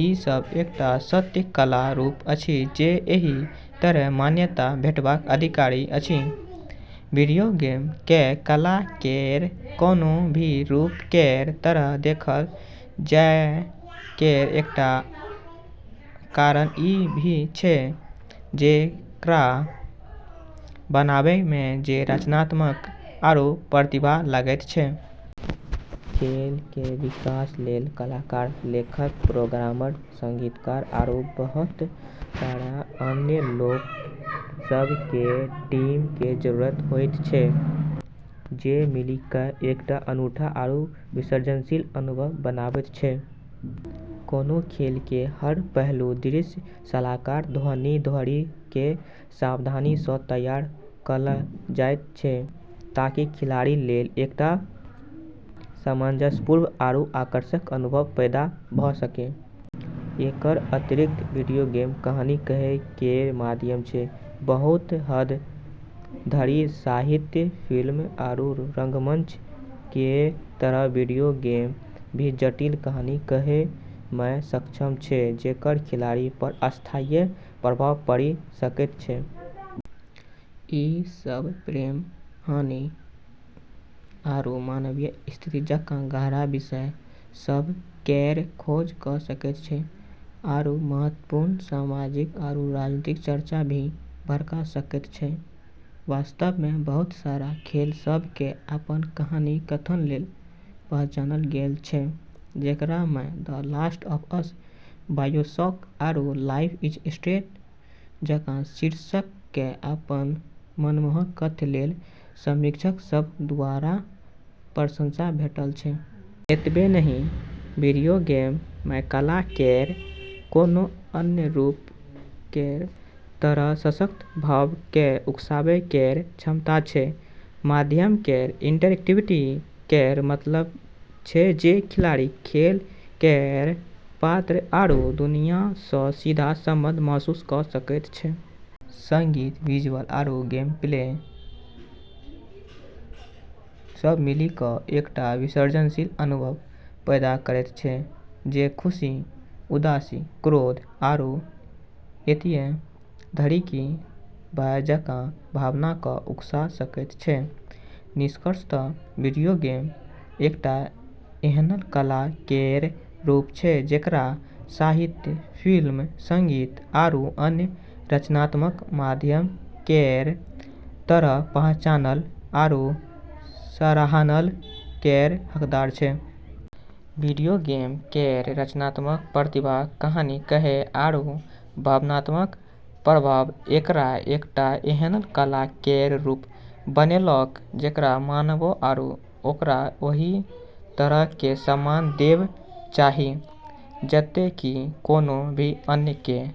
ई सब एकटा सत्य कला रूप अछि जे एहि तरहेँ मान्यता भेटबाक अधिकारी अछि। वीडियो गेम केँ कला केर कोनो भी रूप केर तरह देखल जाए केर एकटा कारण ई भी छै जे एकरा बनाबै मे जे रचनात्मकता आरू प्रतिभा लगैत छै। खेल केर विकास लेल कलाकार, लेखक, प्रोग्रामर, संगीतकार, आरू बहुत सारा अन्य लोक सभ केर टीम केर जरूरत होइत छै जे मिलि कऽ एकटा अनूठा आरू विसर्जनशील अनुभव बनाबैत छै। कोनो खेल केर हर पहलू, दृश्य सँ लऽ कऽ ध्वनि धरि केँ सावधानी सँ तैयार कएल जाइत छै ताकि खिलाड़ी लेल एकटा सामंजस्यपूर्ण आरू आकर्षक अनुभव पैदा भऽ सकै। एकर अतिरिक्त वीडियो गेम कहानी कहै केर माध्यम छै। बहुत हद धरि साहित्य, फिल्म, आरू रंगमंच केर तरह वीडियो गेम भी जटिल कहानी कहै मे सक्षम छै जेकर खिलाड़ी पर स्थायी प्रभाव पड़ि सकैत छै। ई सब प्रेम, हानि, आरू मानवीय स्थिति जकाँ गहरा विषय सभ केर खोज कऽ सकैत छै, आरू महत्वपूर्ण सामाजिक आरू राजनीतिक चर्चा भी भड़का सकैत छै। वास्तव मे, बहुत सारा खेल सभ केँ अपन कहानी कथन लेल पहचानल गेल छै, जेकरा मे "The Last of Us", "BioShock", आरू "लाइफ इज स्ट्रेंज" जकाँ शीर्षक केँ अपन मनमोहक कथ्य लेल समीक्षक सभ द्वारा प्रशंसा भेटल छै। एतबे नहि, वीडियो गेम मे कला केर कोनो अन्य रूप केर तरह सशक्त भाव केँ उकसाबै केर क्षमता छै। माध्यम केर इंटरएक्टिविटी केर मतलब छै जे खिलाड़ी खेल केर पात्र आरू दुनिया सँ सीधा संबंध महसूस कऽ सकैत छै। संगीत, विजुअल, आरू गेमप्ले सब मिलि कऽ एकटा विसर्जनशील अनुभव पैदा करैत छै जे खुशी, उदासी, क्रोध, आरू एतय धरि कि भय जकाँ भावना केँ उकसा सकैत छै। निष्कर्षतः वीडियो गेम एकटा एहन कला केर रूप छै जेकरा साहित्य, फिल्म, संगीत, आरू अन्य रचनात्मक माध्यम केर तरह पहचान आरू सराहना केर हकदार छै। वीडियो गेम केर रचनात्मकता, प्रतिभा, कहानी कहै, आरू भावनात्मक प्रभाव एकरा एकटा एहन कला केर रूप बनौलकै जेकरा मनाबै आरू ओकरा ओहि तरह केर सम्मान देब चाहही जतेक कि कोनो भी अन्य केँ।